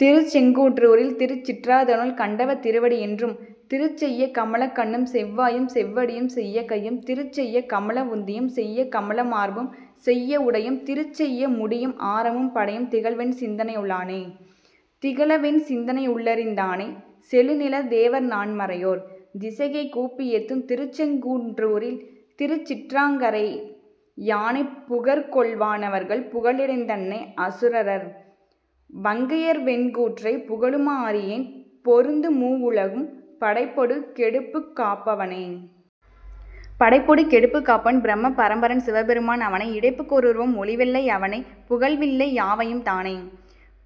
திருச்செங்குன் றூரில் திருச்சிற்றா றதனுள் கண்டவத் திருவடி யென்றும், திருச்செய்ய கமலக் கண்ணூம்செவ் வாயும் செவ்வடி யும்செய்ய கையும், திருச்செய்ய கமல வுந்தியும் செய்ய கமலமார் பும்செய்ய வுடையும், திருச்செய்ய முடியும் ஆரமும் படையும் திகழவென் சிந்தையு ளானே.. திகழவென் சிந்தை யுள்ளிருந் தானைச் செழுநிலத் தேவர்நான் மறையோர், திசைகைகூப்பி யேத்தும் திருச்செங்குன் றூரில் திருச்சிற்றா றங்கரை யானை, புகர்கொள்வா னவர்கள் புகலிடந் தன்னை அசுரர்வன் கையர்வெங் கூற்றை, புகழுமா றறியேன் பொருந்துமூ வுலகும் படைப்பொடு கெடுப்புக்காப் பவனே.. படைப்பொடு கெடுப்புக் காப்பவன் பிரம பரம்பரன் சிவபெருமான் அவனே, இடைப்புக்கோ ருருவும் ஒழிவில்லை யவனே புகழ்வில்லை யாவையும் தானே,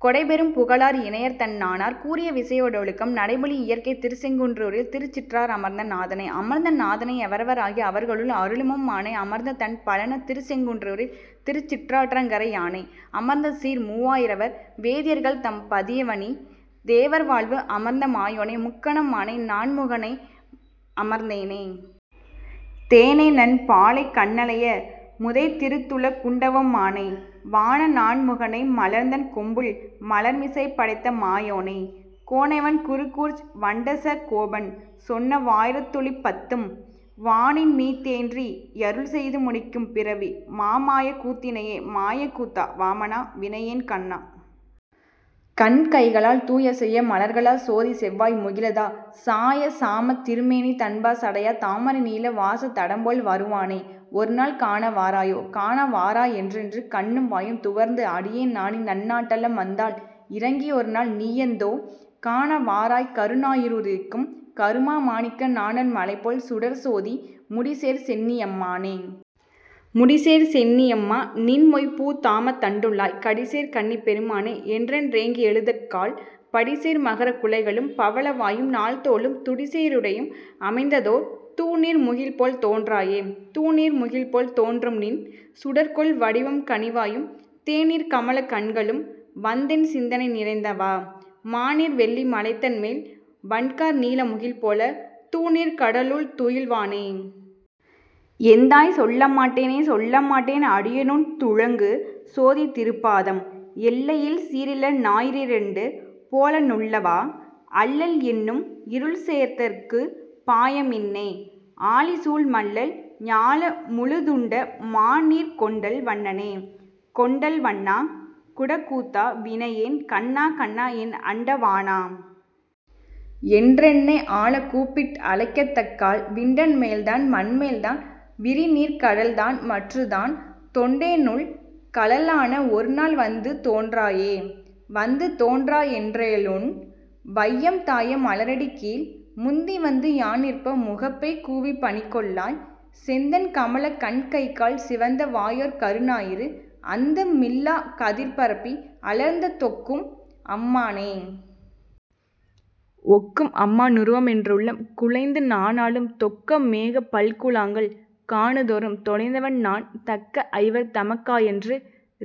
கொடைப்பெரும் புகழார் இனையர்தன் னானார் கூறிய விச்சையோ டொழுக்கம், நடைப்பலி யியற்கைத் திருச்செங்குன் றூரில் திருச்சிற்றா றமர்ந்த நாதனே.. அமர்ந்த நாதனை யவரவ ராகி அவர்க்கருள் அருளுமம் மானை அமர்ந்ததண் பழனத் திருச்செங்குன் றூரில் திருச்சிற்றாற் றங்கரை யானை, அமர்ந்தசீர் மூவா யிரவர்வே தியர்கள் தம்பதி யவனிதே வர்வாழ்வு, அமர்ந்தமா யோனை முக்கணம் மானை நான்முக னையமர்ந் தேனே. தேனைநன் பாலைக் கன்னலை யமுதைத் திருந்துல குண்டவம் மானை, வானநான் முகனை மலர்ந்தண் கொப்பூழ் மலர்மிசைப் படைத்தமா யோனை, கோனைவண் குருகூர்ச் வண்சட கோபன் சொன்னவா யிரத்துளிப் பத்தும், வானின்மீ தேற்றி யருள்செய்து முடிக்கும் பிறவிமா மாயக்கூத் தினையே. மாயக் கூத்தா. வாமனா. வினையேன் கண்ணா. கண்கைகால் தூய செய்ய மலர்களாச் சோதிச் செவ்வாய் முகிழதா, சாயல் சாமத் திருமேனி தண்பா சடையா, தாமரைநீள் வாசத் தடம்போல் வருவானே. ஒருநாள் காண வாராயே.. காண வாராய் என்றென்று கண்ணும் வாயும் துவர்ந்து, அடியேன் நாணி நன்னாட் டலமந்தால் இரங்கி யொருநாள் நீயந்தோ, காண வாராய் கருநாயி றுதிக்கும் கருமா மாணிக்க, நாணல் மலைபோல் சுடர்ச்சோதி முடிசேர் சென்னி யம்மானே.. முடிசேர் சென்னி யம்மா. நின் மொய்பூந் தாமத் தண்டுழாய், கடிசேர் கண்ணிப் பெருமானே. என்றென் றேங்கி யழுதக்கால், படிசேர் மகரக் குழைகளும் பவள வாயும் நால்தோளும், துடிசே ரிடையும் அமைந்ததோர் தூநீர் முகில்போல் தோன்றாயே.. தூநீர் முகில்போல் தோன்றும்நின் சுடர்க்கொள் வடிவும் கனிவாயும், தேநீர்க் கமலக் கண்களும் வந்தென் சிந்தை நிறைந்தவா, மாநீர் வெள்ளீ மலைதன்மேல் வண்கார் நீல முகில்போல, தூநீர்க் கடலுள் துயில்வானே. எந்தாய். சொல்ல மாட்டேனே.. சொல்ல மாட்டேன் அடியேனுன் துளங்கு சோதித் திருப்பாதம், எல்லை யில்சீ ரிளஞாயி றிரண்டு போலென் னுள்ளவா., அல்லல் என்னும் இருள்சேர்தற் குபாயம் என்னே?, ஆழிசூழ் மல்லல் ஞால முழுதுண்ட மாநீர்க் கொண்டல் வண்ணனே.. கொண்டல் வண்ணா. குடக்கூத்தா. வினையேன் கண்ணா. கண்ணா, என் அண்ட வாணா. என்றென்னை ஆளக் கூப்பிட் டழைத்தக்கால், விண்டன் மேல்தான் மண்மேல்தான் விரிநீர்க் கடல்தான் மற்றுத்தான், தொண்ட னேனுள் கழல்லாண ஒருநாள் வந்து தோன்றாயே.. வந்து தோன்றா யன்றேலுன் வையம் தாய மலரடிக்கீழ், முந்தி வந்து யான்நிற்ப முகப்பே கூவிப் பணிகொள்ளாய், செந்தண் கமலக் கண்கைகால் சிவந்த வாயோர் கருநாயிறு, அந்த மில்லாக் கதிர்பரப்பி அலர்ந்த தொக்கும் அம்மானே.. ஒக்கும் அம்மா னுருவமென் றுள்ளம் குழைந்து நாணாளும், தொக்க மேகப் பல்குழாங்கள் காணுந் தோறும் தொலைவன்நான், தக்க ஐவர் தமக்காயன்று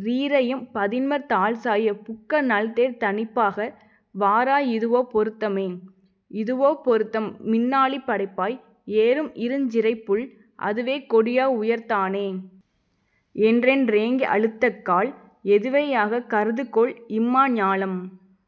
றீரைம் பதின்மர் தாள்சாய, புக்க நல்தேர்த் தனிப்பாகா. வாராய் இதுவோ பொருத்தமே?. இதுவோ பொருத்தம் மின்னாழிப் படையாய். ஏறும் இருஞ்சிசிறைப்புள், அதுவே கொடியா வுயர்த்தானே. என்றென் றேங்கி யழுதக்கால், எதுவே யாகக் கருதுங்கொல் இம்மா ஞாலம்